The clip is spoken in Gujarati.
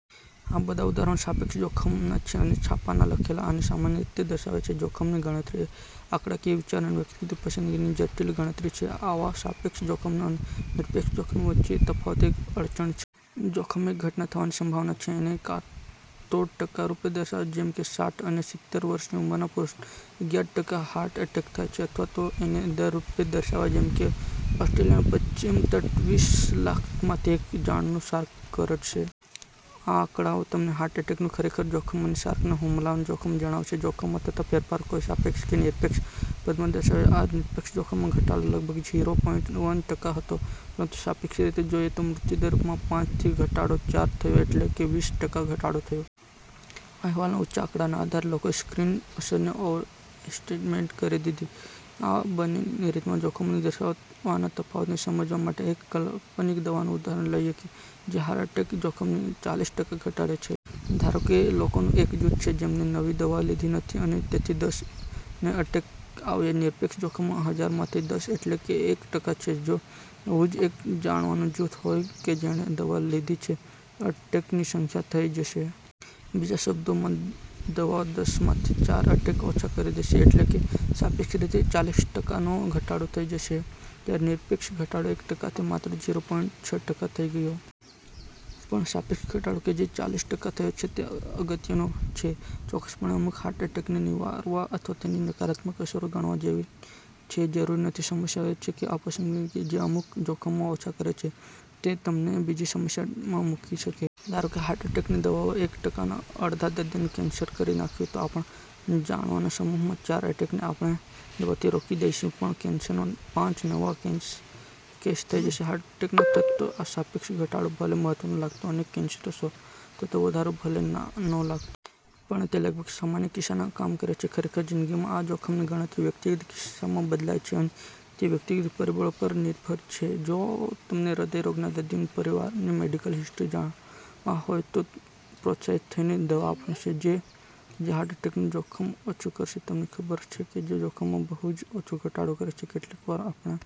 આ બધાં ઉદાહરણો સાપેક્ષ જોખમોનાં છે, અને છાપાનાં લેખોમાં આને સામાન્ય રીતે દર્શાવાય છે. જોખમની ગણતરી એ આંકડાકીય વિચાર અને વ્યક્તિગત પસંદગીની જટિલ ગણતરી છે. આવાં સાપેક્ષ જોખમો અને નિરપેક્ષ જોખમો વચ્ચેનો તફાવત એક અડચણ છે. જોખમ એક ઘટના થવાની સંભાવના છે. એને કાં તો ટકા રૂપે દર્શાવાય-- જેમકે સાઠ અને સિત્તેર વર્ષની ઉંમરના પુરુષોમાં અગિયાર ટકા હાર્ટ અટેક થાય છે. અથવા તો એને દર રૂપે દર્શાવાય- જેમકે ઑસ્ટ્રેલિયાના પશ્ચિમી તટ પર વીસ લાખમાંથી એક જણાને શાર્ક કરડશે. આ આંકડાઓ તમને હાર્ટ અટેકનું ખરેખર જોખમ અને શાર્કના હુમલાનું જોખમ જણાવશે. જોખમમાં થતો ફેરફાર કોઈ સાપેક્ષ કે નિરપેક્ષ પદમાં દર્શાવાય છે. આ નિરપેક્ષ જોખમમાં ઘટાડો લગભગ ઝીરો પોઈન્ટ વન ટકા હતો. પરંતુ સાપેક્ષ રીતે જોઈએ તો મૃત્યુદર માં પાંચ થી ઘટાડો ચાર થયો એટલે કે વીસ ટકા ઘટાડો થયો. આ અહેવાલોના ઉંચા આંકડાને આધારે લોકોએ સ્ક્રીનિંગની અસરને ઓવરએસ્ટિમેટ કરી દીધી. આ બંને રીતના જોખમોને દર્શાવવાના તફાવતને સમજવા માટે એક કાલ્પનિક દવાનું ઉદાહરણ લઈએ કે જે હાર્ટ એટેકના જોખમને ચાલીસ ટકા ઘટાડે છે. ધારો કે લોકોનું એક જૂથ છે, જેમને નવી દવા લીધી નથી અને તેથી દસ ને અટેક આવ્યા. નિરપેક્ષ જોખમ હજાર માં થી દસ એટલે કે એક ટકા છે. જો એવું જ એક જણાનું જૂથ હોય કે જેણે દવા લીધી છે તો અટેકની સંખ્યા છ થઇ જશે. બીજા શબ્દોમાં, દવા દસ માં થી ચાર અટેક ઓછા કરી દેશે; એટલે કે સાપેક્ષ રીતે ચાલીસ ટકા નો ઘટાડો થઇ જશે. જ્યારે, નિરપેક્ષ ઘટાડો એક ટકા થી માત્ર ઝીરો પોઈન્ટ છ ટકા થઇ ગયો. પણ સાપેક્ષ ઘટાડો કે જે ચાલીસ ટકા થયો તે અગત્યનો છે. ચોક્કસપણે અમુક હાર્ટ એટેકને નિવારવા અથવા તેની નકારાત્મક અસરો ગણકારવા જેવી છે? જરૂરી નથી. સમસ્યા એ છે કે આ પસંદગીઓ કે જે અમુક જોખમો ઓછા કરે છે તે તમને બીજી સમસ્યામાં મૂકી શકે છે. ધારોકે હાર્ટ અટેકની દવાઓએ એક ટકા ના અડધાં દર્દીમાં કેન્સર કરી નાખ્યું. તો આપણા જણાનાં સમૂહમાં ચાર એટેકને તો આપણે દવાથી રોકી દઈશું પણ કેન્સરના પાંચ નવા કેસ થઇ જશે. હાર્ટ એટેકમાં થતો આ સાપેક્ષ ઘટાડો ભલે મહત્વનો લાગતો અને કેન્સરમાં થતો વધારો ભલે નાનો લાગતો. પણ તે લગભગ સમાન કિસ્સામાં કામ કરે છે. ખરેખર જિંદગીમાં આ જોખમની ગણતરી વ્યક્તિગત કિસ્સામાં બદલાય છે અને તે વ્યકિગત પરિબળો પર પણ નિર્ભર છે. જો તમે હ્ર્દય રોગના દર્દીના પરિવારની મેડિકલ હિસ્ટ્રી જાણતા હોવ તો તમે પ્રોત્સાહિત થઈને દવા આપશો કે જે હાર્ટ એટેકનું જોખમ ઓછું કરશે, તમને ખબર છે કે તે જોખમમાં બહુ જ ઓછો ઘટાડો કરે છે. કેટલીક વાર, આપણે